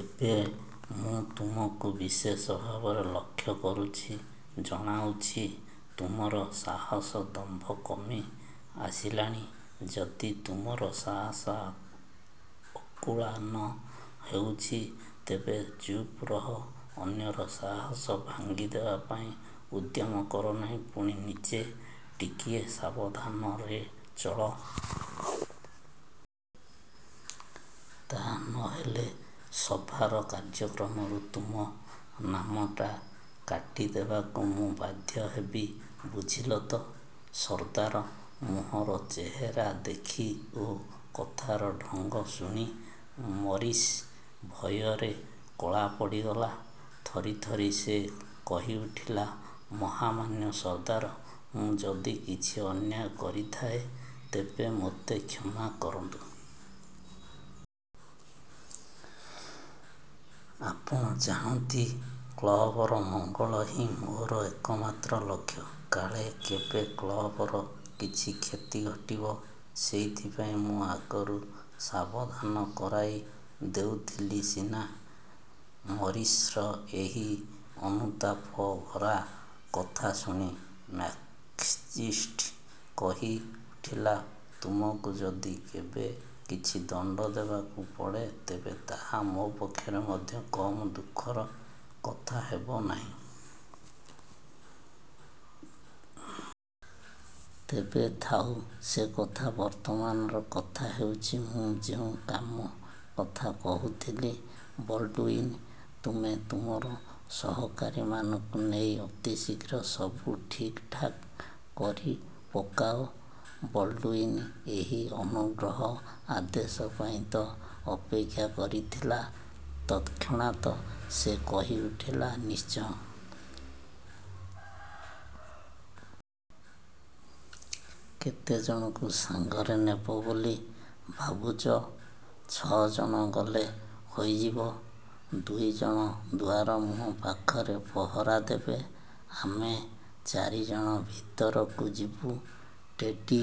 ଏବେ ମୁଁ ତୁମକୁ ବିଶେଷ ଭାବରେ ଲକ୍ଷ୍ୟ କରୁଅଛି। ଜଣାଯାଉଛି, ତୁମର ସାହସ, ଦମ୍ଭ କମି ଆସିଲାଣି। ଯଦି ତୁମର ସାହସ ଅକୁଳାନ ହେଉଛି, ତେବେ ଚୁପ୍ ରହ; ଅନ୍ୟର ସାହସ ଭାଙ୍ଗିଦେବା ପାଇଁ ଉଦ୍ୟମ କର ନାହିଁ। ପୁଣି ନିଜେ ଟିକିଏ ସାବଧାନରେ ଚଳ। ତା ନ ହେଲେ ସଭାର କାର୍ଯ୍ୟକ୍ରମରୁ ତୁମ ନାମଟା କାଟିଦେବାକୁ ମୁଁ ବାଧ୍ୟ ହେବି ବୁଝିଲ ତ? '' ସର୍ଦ୍ଦାର ମୁହଁର ଚେହେରା ଦେଖି ଓ କଥାର ଢଙ୍ଗ ଶୁଣି ମରିସ୍ ଭୟରେ କଳା ପଡ଼ିଗଲା-। ଥରିଥରି ସେ କହିଉଠିଲା, ''ମହାମାନ୍ୟ ସର୍ଦ୍ଦାର, ମୁଁ ଯଦି କିଛି ଅନ୍ୟାୟ କରିଥାଏ, ତେବେ ମୋତେ କ୍ଷମା କରନ୍ତୁ। ଆପଣ ଜାଣନ୍ତି, କ୍ଳବର ମଙ୍ଗଳ ହିଁ ମୋର ଏକମାତ୍ର ଲକ୍ଷ୍ୟ। କାଳେ କେବେ କ୍ଳବର କିଛି କ୍ଷତି ଘଟିବ, ସେଇଥିପାଇଁ ମୁଁ ଆଗରୁ ସାବଧାନ କରାଇ ଦେଉଥିଲି ସିନା-! '' ମରିସ୍ର ଏହି ଅନୁତାପଭରା କଥା ଶୁଣି ମ୍ୟାକ୍ଜିଣ୍ଟି କହିଉଠିଲା, ''ତୁମକୁ ଯଦି କେବେ କିଛି ଦଣ୍ଡ ଦେବାକୁ ପଡ଼େ, ତେବେ ତାହା ମୋ ପକ୍ଷରେ ମଧ୍ୟ କମ୍ ଦୁଃଖର କଥା ହେବ ନାହିଁ। ତେବେ ଥାଉ ସେ କଥା। ବର୍ତ୍ତମାନର କଥା ହେଉଛି–ମୁଁ ଯେଉଁ କାମ କଥା କହୁଥିଲି। ବଲ୍ଡ଼ୁଇନ, ତୁମେ ତୁମର ସହକାରୀମାନଙ୍କୁ ନେଇ ଅତି ଶୀଘ୍ର ସବୁ ଠିକ୍ ଠାକ୍ କରିପକାଅ। '' ବଲ୍ଡ଼ୁଇନ ଏହି ଅନୁଗ୍ରହ ଆଦେଶ ପାଇଁ ତ ଅପେକ୍ଷା କରିଥିଲା। ତତ୍କ୍ଷଣାତ୍ ସେ କହିଉଠିଲା, ''ନିଶ୍ଚୟ। '' ''କେତେ ଜଣଙ୍କୁ ସାଙ୍ଗରେ ନେବ ବୋଲି ଭାବୁଚ? '' ''ଛଅ ଜଣ ଗଲେ ହୋଇଯିବ। ଦୁଇ ଜଣ ଦୁଆରମୁହଁ ପାଖରେ ପହରା ଦେବେ, ଆମେ ଚାରି ଜଣ ଭିତରକୁ ଯିବୁ। '' ଟେଡ଼ି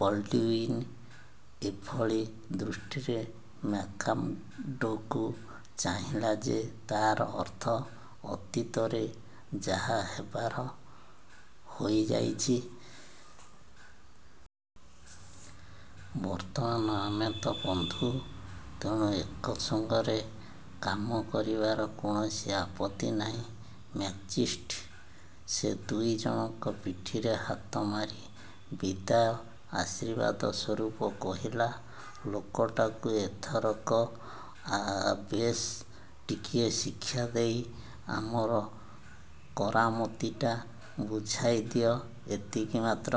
ବଲ୍ଡ଼ୁଇନ ଏଭଳି ଦୃଷ୍ଟିରେ ମ୍ୟାକ୍ମାର୍ଡ଼ୋକୁ ଚାହିଁଲା ଯେ, ତାର ଅର୍ଥ–ଅତୀତରେ ଯାହା ହେବାର ହୋଇଯାଇଛି। ବର୍ତ୍ତମାନ ଆମେ ତ ବନ୍ଧୁ, ତେଣୁ ଏକ ସଙ୍ଗରେ କାମ କରିବାର କୌଣସି ଆପତ୍ତି ନାହିଁ। ମ୍ୟାକ୍ଜିଣ୍ଟି ସେ ଦୁଇ ଜଣଙ୍କ ପିଠିରେ ହାତ ମାରି ବିଦାୟ ଆଶୀର୍ବାଦ ସ୍ୱରୂପ କହିଲା, ''ଲୋକଟାକୁ ଏଥରକ ବେଶ ଟିକିଏ ଶିକ୍ଷା ଦେଇ ଆମର କରାମତିଟା ବୁଝାଇଦିଅ–ଏତିକି ମାତ୍ର।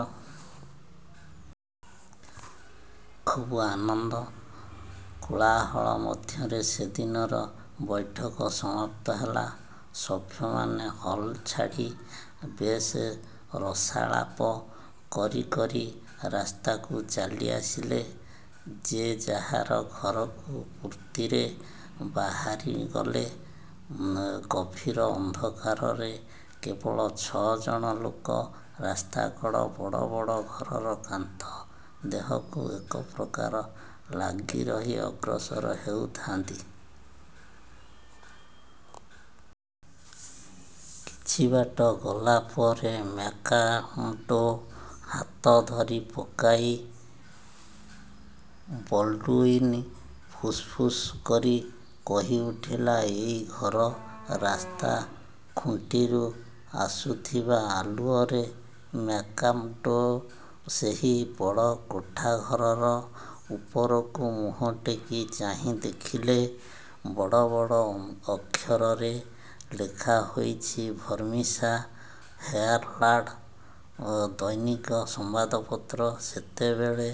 '' ଖୁବ୍ ଆନନ୍ଦ କୋଳାହଳ ମଧ୍ୟରେ ସେଦିନର ବୈଠକ ସମାପ୍ତ ହେଲା। ସଭ୍ୟମାନେ ହଲ୍ ଛାଡ଼ି ବେଶ୍ ରସାଳାପ କରିକରି ରାସ୍ତାକୁ ଚାଲିଆସିଲେ। ଯେ ଯାହାର ଘରକୁ ଫୁର୍ତ୍ତିରେ ବାହାରିଗଲେ। ଗଭୀର ଅନ୍ଧକାରରେ କେବଳ ଛ' ଜଣ ଲୋକ ରାସ୍ତାକଡ଼ ବଡ଼ବଡ଼ ଘରର କାନ୍ଥ ଦେହକୁ ଏକପ୍ରକାର ଲାଗିରହି ଅଗ୍ରସର ହେଉ ଥାଆନ୍ତି। କିଛି ବାଟ ଗଲା ପରେ ମ୍ୟାକ୍ମାର୍ଡ଼ୋ ହାତ ଧରିପକାଇ ବଲ୍ଡ଼ୁଇନ ଫୁସ୍ଫୁସ୍ କରି କହିଉଠିଲା, ''ଏଇ ଘର। '' ରାସ୍ତା ଖୁଣ୍ଟିରୁ ଆସୁଥିବା ଆଲୁଅରେ ମ୍ୟାକ୍ମାର୍ଡ଼ୋ ସେହି ବଡ଼ କୋଠାଘରର ଉପରକୁ ମୁହଁ ଟେକି ଚାହିଁ ଦେଖିଲେ, ବଡ଼ବଡ଼ ଅକ୍ଷରରେ ଲେଖାହୋଇଛି–'ଭର୍ମିସା ହେରାଲ୍ଡ଼'–ଦୈନିକ ସମ୍ବାଦପତ୍ର। ସେତେବେଳେ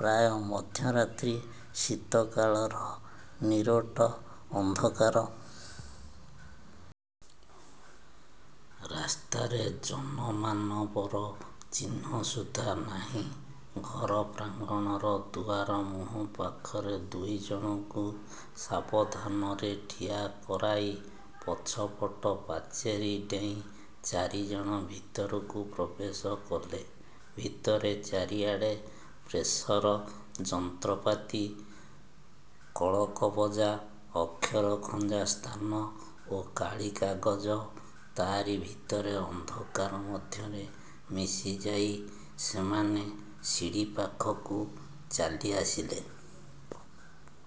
ପ୍ରାୟ ମଧ୍ୟରାତ୍ରି; ଶୀତକାଳର ନିରୋଟ ଅନ୍ଧକାର। ରାସ୍ତାରେ ଜନମାନବର ଚିହ୍ନ ସୁଦ୍ଧା ନାହିଁ। ଘର ପ୍ରାଙ୍ଗଣର ଦୁଆରମୁହଁ ପାଖରେ ଦୁଇ ଜଣଙ୍କୁ ସାବଧାନରେ ଠିଆ କରାଇ ପଛପଟ ପାଚେରୀ ଡେଇଁ ଚାରି ଜଣ ଭିତରକୁ ପ୍ରବେଶ କଲେ। ଭିତରେ ଚାରିଆଡ଼େ ପ୍ରେସର ଯନ୍ତ୍ରପାତି, କଳକବଜା, ଅକ୍ଷର ଖଞ୍ଜା ସ୍ଥାନ ଓ କାଳିକାଗଜ। ତାରି ଭିତରେ ଅନ୍ଧକାର ମଧ୍ୟରେ ମିଶିଯାଇ ସେମାନେ ସିଡ଼ିପାଖକୁ ଚାଲିଆସିଲେ।